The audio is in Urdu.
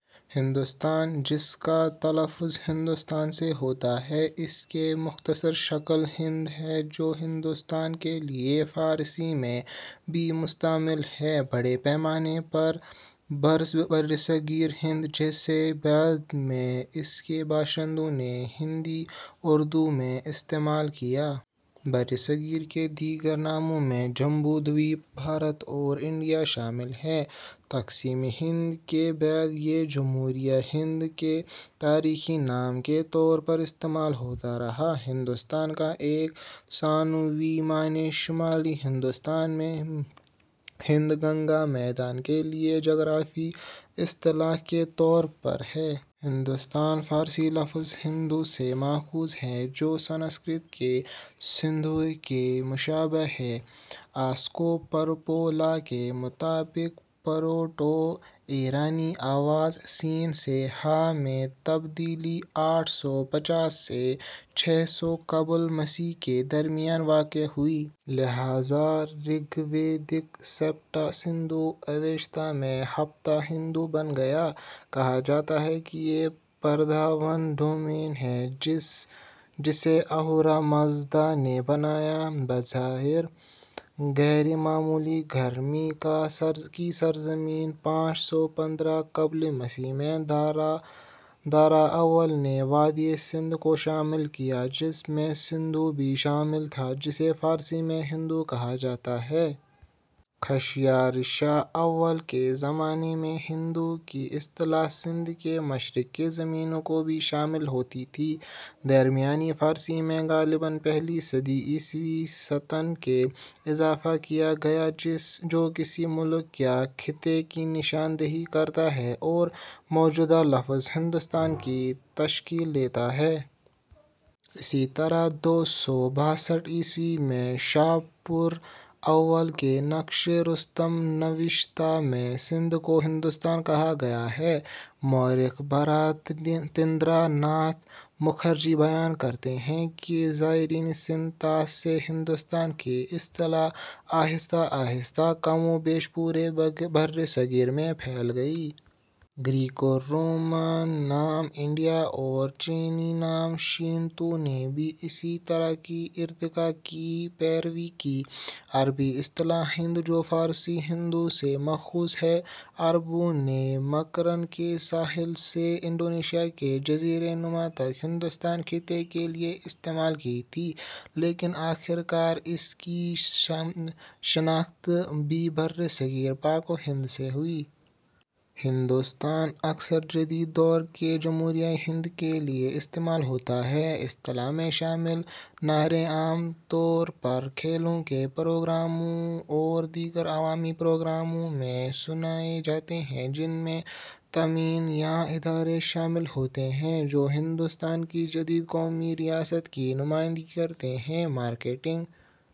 ہندوستان، جس کا تلفظ ہِندوستان سے ہوتا ہے، اس کی مختصر شکل ہند ہے، جو ہندوستان کے لیے فارسی میں بھی مستعمل ہے، بڑے پیمانے پر برصغیرِ ہند؛ جسے بعد میں اس کے باشندوں نے ہندی–اردو میں استعمال کیا۔ برصغیر کے دیگر ناموں میں جمبو دویپ، بھارت اور انڈیا شامل ہیں۔ تقسیمِ ہند کے بعد؛ یہ جمہوریۂ ہند کے تاریخی نام کے طور پر استعمال ہوتا رہا۔ ہندوستان کا ایک ثانوی معنی شمالی ہندوستان میں ہند گنگا میدان کے لیے جغرافیائی اصطلاح کے طور پر ہے۔ ہندستان فارسی لفظ ہندو سے ماخوذ ہے، جو سنسکرت کے سندھو کے مشابہ ہے۔ آسکو پرپولا کے مطابق پروٹو ایرانی آواز س سے ہ میں تبدیلی آٹھ سو پچاس سے چھ سو قبل مسیح کے درمیان واقع ہوئی۔ لہٰذا، رگ ویدی سپت سندھو اوستا میں ہپت ہندو بن گیا۔ کہا جاتا ہے کہ یہ "پندرھواں ڈومین" ہے، جسے اہورا مزدا نے بنایا ہے، بظاہر "غیر معمولی گرمی" کی سرزمین۔ پانچ سو پندرہ قبل مسیح میں دارا اول نے وادیٔ سندھ کو شامل کیا، جس میں سندھو بھی شامل تھا، جسے فارسی میں ہندو کہا جاتا ہے۔ خشیارشا اول کے زمانے میں "ہندو" کی اصطلاح سندھ کے مشرق کی زمینوں کو بھی شامل ہوتی تھی۔ درمیانی فارسی میں غالباً پہلی صدی عیسوی سے ستان کا اضافہ کیا گیا، جو کسی ملک یا خطے کی نشان دہی کرتا ہے، اور موجودہ لفظ ہندوستان کی تشکیل دیتا ہے۔ اسی طرح دو سو باسٹھ عیسوی میں شاہپور اول کے نقشِ رستم نوشتہ میں سندھ کو ہندوستان کہا گیا ہے۔ مورخ برتندر ناتھ مکھرجی بیان کرتے ہیں کہ زیریں سندھ طاس سے "ہندوستان" کی اصطلاح آہستہ آہستہ "کم و بیش پورے برصغیر میں پھیل گئی"۔ گریکو رومن نام "انڈیا" اور چینی نام "شین ٹو" نے بھی اسی طرح کے ارتقا کی پیروی کی۔ عربی اصطلاح ہند، جو فارسی ہندو سے ماخوذ ہے، عربوں نے مکران کے ساحل سے انڈونیشیا کے جزیرہ نما تک ہندوستانی خطے کے لیے استعمال کی تھی، لیکن آخرکار اس کی شناخت بھی برصغیرِ پاک و ہند سے ہوئی۔ "ہندوستان" اکثر جدید دور کے جمہوریۂ ہند کے لیے استعمال ہوتا ہے۔ اصطلاح میں شامل نعرے عام طور پر کھیلوں کے پروگراموں اور دیگر عوامی پروگراموں میں سنائے جاتے ہیں، جن میں ٹیمیں یا ادارے شامل ہوتے ہیں، جو ہندوستان کی جدید قومی ریاست کی نمائندگی کرتے ہیں۔ مارکیٹنگ...